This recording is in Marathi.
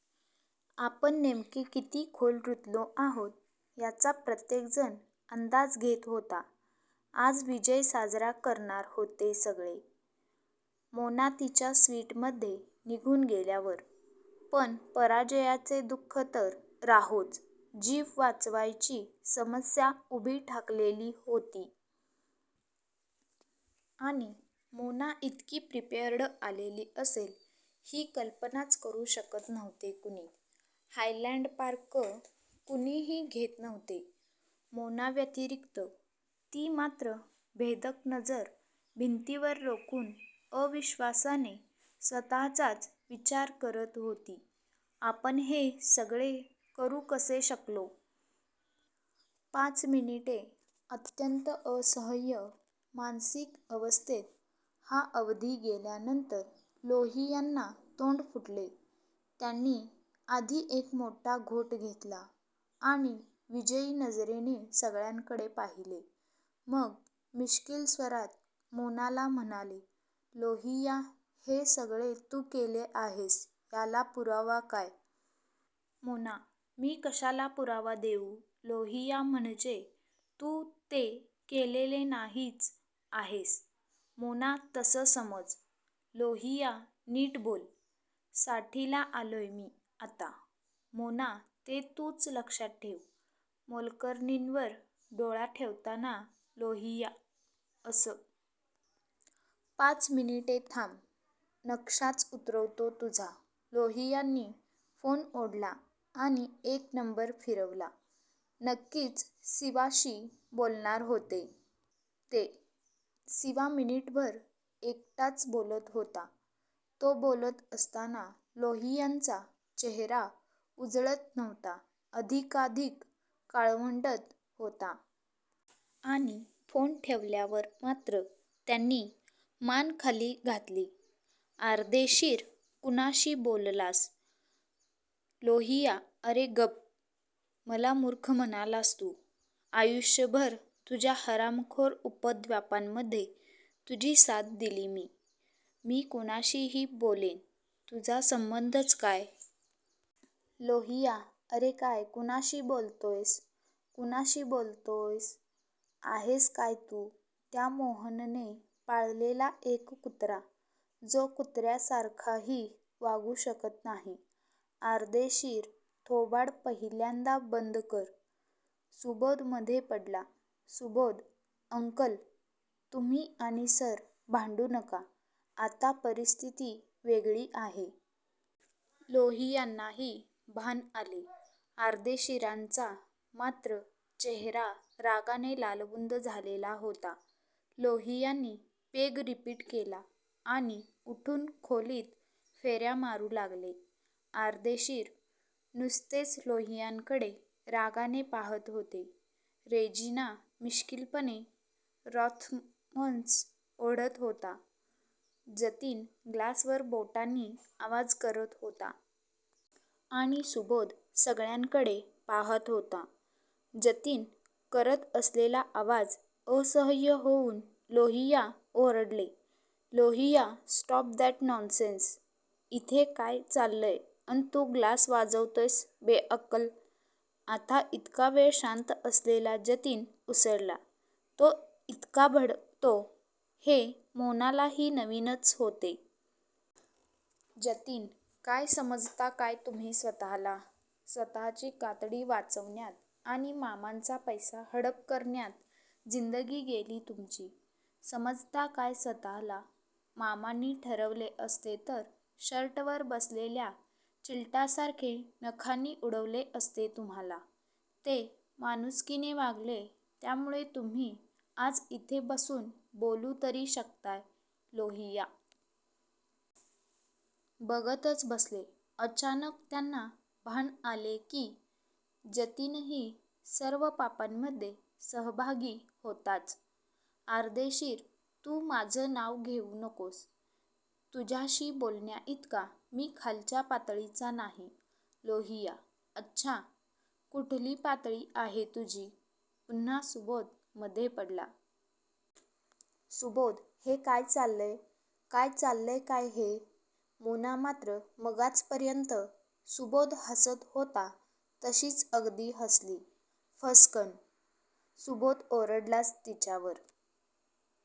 आपण नेमके किती खोल रुतलो आहोत याचा प्रत्येक जण अंदाज घेत होता. आज विजय साजरा करणार होते सगळे, मोना तिच्या स्विटमध्ये निघून गेल्यावर, पण पराजयाचे दु:ख तर राहोच जीव वाचवायची समस्या उभी ठाकलेली होती. आणि मोना इतकी प्रिपेअर्ड आलेली असेल ही कल्पनाच करू शकत नव्हते कुणी हायलॅन्ड पार्क कुणीही घेत नव्हते. मोनाव्यतिरिक्त ती मात्र भेदक नजर भिंतीवर रोखून अविश्वासाने स्वतःचाच विचार करत होती. आपण हे सगळे करू कसे शकलो? पाच मिनिटे, अत्यंत असह्य मानसिक अवस्थेत हा अवधी गेल्यानंतर लोहियांना तोंड फुटले. त्यांनी आधी एक मोठा घोट घेतला आणि विजयी नजरेने सगळ्यांकडे पाहिले. मग मिश्कील स्वरात मोनाला म्हणाले.. लोहिया हे सगळे तू केले आहेस याला पुरावा काय? मोना मी कशाला पुरावा देऊ? लोहिया म्हणजे तू ते केलेले नाहीच आहेस. मोना तसं समज. लोहिया नीट बोल. साठीला आलोय मी आता. मोना ते तूच लक्षात ठेव, मोलकरणींवर डोळा ठेवताना, लोहिया अस? पाच मिनिटे थांब, नक्षाच उतरवतो तुझा लोहियांनी फोन ओढला आणि एक नंबर फिरवला. नक्कीच सिवाशी बोलणार होते ते! सिवा मिनिटभर एकटाच बोलत होता. तो बोलत असताना लोहियांचा चेहरा उजळत नव्हता. अधिकाधिक काळवंडत होता. आणि फोन ठेवल्यावर मात्र त्यांनी मान खाली घातली. अर्देशीर कुणाशी बोललास? लोहिया अरे गप? मला मूर्ख म्हणालास तू ,आयुष्यभर तुझ्या हरामखोर उपद्व्यापांमध्ये तुझी साथ दिली मी, मी कुणाशीही बोलेन. तुझा संबंधच काय? लोहिया अरे काय कुणाशी बोलतोयस, कुणाशी बोलतोयस? आहेस काय तू? त्या मोहनने पाळलेला एक कुत्रा, जो कुत्र्यासारखाही वागू शकत नाही. अर्देशीर थोबाड पहिल्यांदा बंद कर. सुबोध मधे पडला. सुबोध अंकल.. तुम्ही आणि सर भांडू नका, आत्ता परिस्थिती वेगळी आहे. लोहियांनाही भान आले. अर्देशीरांचा मात्र चेहरा रागाने लालबुंद झालेला होता. लोहियांनी पेग रिपीट केला आणि उठून खोलीत फेर्या मारू लागले. अर्देशीर नुसतेच लोहियांकडे रागाने पाहात होते. रेजिना मिश्कीलपणे रॉथमन्स ओढत होता. जतीन ग्लासवर बोटांनी आवाज करत होता. आणि सुबोध सगळ्यांकडे पाहात होता. जतीन करत असलेला आवाज असह्य होऊन लोहिया ओरडले, लोहिया स्टॉप दॅट नॉन्सेन्स. इथे काय चाललंय अन तू ग्लास वाजवतोयस बेअक्कल? आता इतका वेळ शांत असलेला जतीन उसळला. तो इतका भडकतो हे मोनालाही नवीनच होते. जतीन काय समजता काय तुम्ही स्वतःला? स्वतची कातडी वाचवण्यात आणि मामांचा पैसा हडप करण्यात जिंदगी गेली तुमची. समजता काय स्वतःला? मामांनी ठरवले असते तर शर्टवर बसलेल्या चिलटासारखे नखांनी उडवले असते तुम्हाला.. ते माणुसकीने वागले त्यामुळे तुम्ही आज इथे बसून बोलू तरी शकताय. लोहिया बघतच बसले. अचानक त्यांना भान आले की जतीनही सर्व पापांमध्ये सहभागी होताच! अर्देशीर तू माझं नाव घेऊ नकोस, तुझ्याशी बोलण्याइतका मी खालच्या पातळीचा नाही. लोहिया अच्छा? कुठली पातळी आहे तुझी? पुन्हा सुबोध मधे पडला. सुबोध हे काय चाललंय? काय चाललंय काय हे? मोना मात्र मगाचपर्यंत सुबोध हासत होता तशीच अगदी हासली. फस्सकन, सुबोध ओरडलाच तिच्यावर--